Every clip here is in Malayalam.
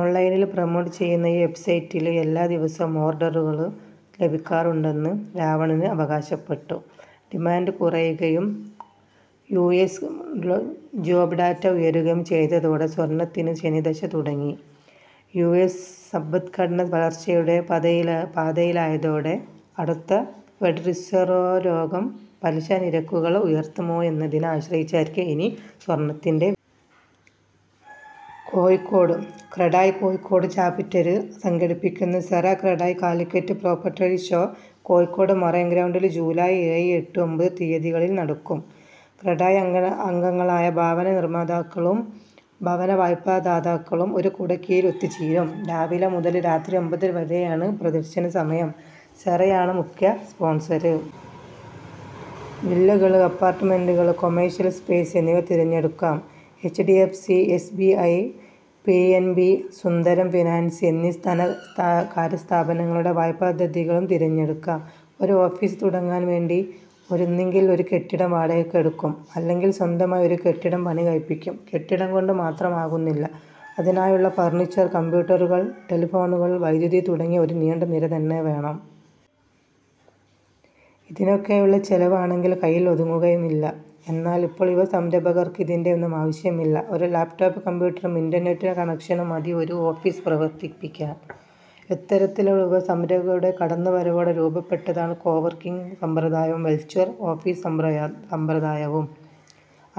ഓണ്ലൈനില് പ്രമോട്ട് ചെയ്യുന്ന ഈ വെബ്സൈറ്റില് എല്ലാ ദിവസവും ഓര്ഡറുകള് ലഭിക്കാറുണ്ടെന്ന് എന്. രാവണന് അവകാശപ്പെട്ടു. ഡിമാന്റ് കുറയുകയും യു. എസ് ജോബ്ഡാറ്റ ഉയരുകയും ചെയ്തതോടെ സ്വര്ണത്തിന് ശനിദശ തുടങ്ങി. യുഎസ് സമ്പദ്ഘടന വളര്ച്ചയുടെ പാതയിലായതോടെ അടുത്ത ഫെഡ് റിസര്വ് യോഗം പലിശ നിരക്കുകള് ഉയര്ത്തുമോയെന്നതിനെ ആശ്രയിച്ചിരിക്കും ഇനി സ്വര്ണത്തിന്റെ വില. കോഴിക്കോട്:ക്രഡായ് കോഴിക്കോട് ചാപ്റ്റര് സംഘടിപ്പിക്കുന്ന Cera CREDAI Calicut property show Kozhikode marine ഗ്രൗണ്ടില് July ഏഴ്, എട്ട്, ഒമ്പത് തിയതികളില് നടക്കും. ക്രഡായ് അംഗങ്ങളായ ഭവന നിര്മാതാക്കളും ഭവനവായ്പാദാതാക്കളും ഒരു കുടക്കീഴില് ഒത്തുചേരും. രാവിലെ മുതല് രാത്രി ഒമ്പതുവരെയാണ് പ്രദര്ശന സമയം. സെറയാണ് മുഖ്യ സ്പോണ്സര്. വില്ലകള്, അപ്പാര്ട്ട്മെന്റുകള്, കൊമേഴ്സ്യല് സ്പേസ് എന്നിവ തിരഞ്ഞെടുക്കാം. എച്ച്ഡിഎഫ്സി, എസ്ബിഐ, പിഎന്ബി, സുന്ദരം ഫിനാന്സ് എന്നീ ധനകാര്യസ്ഥാപനങ്ങളുടെ വായ്പാപദ്ധതികളും തിരഞ്ഞെടുക്കാം. ഒരു ഓഫീസ് തുടങ്ങാൻ വേണ്ടി ഒന്നുകിൽ ഒരു കെട്ടിടം വാടകയ്ക്കെടുക്കും അല്ലെങ്കിൽ സ്വന്തമായി ഒരു കെട്ടിടം പണി കഴിപ്പിക്കും. കെട്ടിടം കൊണ്ട് മാത്രമാകുന്നില്ല അതിനായുള്ള ഫർണിച്ചർ, കംപ്യൂട്ടറുകൾ, ടെലിഫോണുകൾ, വൈദ്യുതി തുടങ്ങി ഒരു നീണ്ട നിര തന്നെ വേണം. ഇതിനൊക്കെയുള്ള ചെലവ് ആണെങ്കിൽ കൈയിൽ ഒതുങ്ങുകയുമില്ല. എന്നാൽ ഇപ്പോൾ യുവ സംരംഭകർക്ക് ഇതിന്റെയൊന്നും ആവശ്യമില്ല. ഒരു ലാപ്ടോപ് കംപ്യൂട്ടറും ഇന്റർനെറ്റ് കണക്ഷനും മതി ഒരു ഓഫീസ് പ്രവർത്തിപ്പിക്കാൻ. ഇത്തരത്തിലുള്ള യുവ സംരംഭകരുടെ കടന്നുവരവോടെ രൂപപ്പെട്ടതാണ് കോവർക്കിങ് സമ്പ്രദായവും വെർച്വൽ ഓഫീസ് സമ്പ്രദായവും.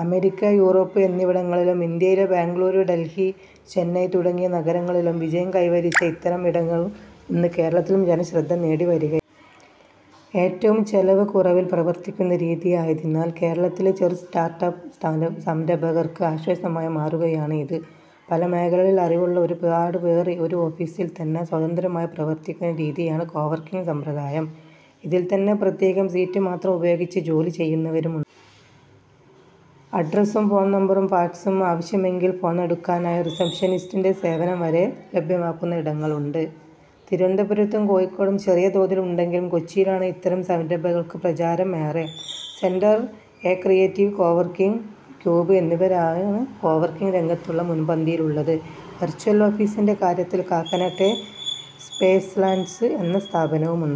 അമേരിക്ക, യൂറോപ്പ് എന്നിവിടങ്ങളിലും, ഇന്ത്യയിൽ ബെംഗളൂരു, ഡൽഹി, ചെന്നൈ തുടങ്ങിയ നഗരങ്ങളിലും വിജയം കൈവരിച്ച ഇത്തരം ഇടങ്ങൾ ഇന്ന് കേരളത്തിലും ജനശ്രദ്ധ നേടിവരികയാണ്. ഏറ്റവും ചെലവ് കുറവിൽ പ്രവർത്തിക്കുന്ന രീതിയായതിനാൽ കേരളത്തിലെ ചെറു സ്റ്റാർട്ട്അപ്പ് സംരംഭകർക്ക് ആശ്വാസമായി മാറുകയാണ് ഇത്. പല മേഖലകളിൽ അറിവുള്ള ഒരുപാട് പേർ ഒരു ഓഫീസിൽ തന്നെ സ്വതന്ത്രമായി പ്രവർത്തിക്കുന്ന രീതിയാണ് കോവർക്കിങ് സമ്പ്രദായം. ഇതിൽ തന്നെ പ്രത്യേകം സീറ്റ് മാത്രം ഉപയോഗിച്ച് ജോലി ചെയ്യുന്നവരുമുണ്ട്. അഡ്രസ്സും ഫോൺ നമ്പറും ഫാക്സും ആവശ്യമെങ്കിൽ ഫോൺ എടുക്കാനായി റിസപ്ഷനിസ്റ്റിന്റെ സേവനം വരെ ലഭ്യമാക്കുന്ന ഇടങ്ങളുണ്ട്. തിരുവനന്തപുരത്തും കോഴിക്കോടും ചെറിയ തോതിൽ ഉണ്ടെങ്കിലും കൊച്ചിയിലാണ് ഇത്തരം സംരംഭങ്ങൾക്ക് പ്രചാരം ഏറെ. Centre A, creative coworking cube എന്നിവയാണ് കോവർക്കിങ് രംഗത്ത് മുൻപന്തിയിലുള്ളത്. വെർച്വൽ ഓഫീസിന്റെ കാര്യത്തിൽ കാക്കനാട്ടെ സ്പേസ്ലാൻസ് എന്ന സ്ഥാപനവുമുണ്ട്.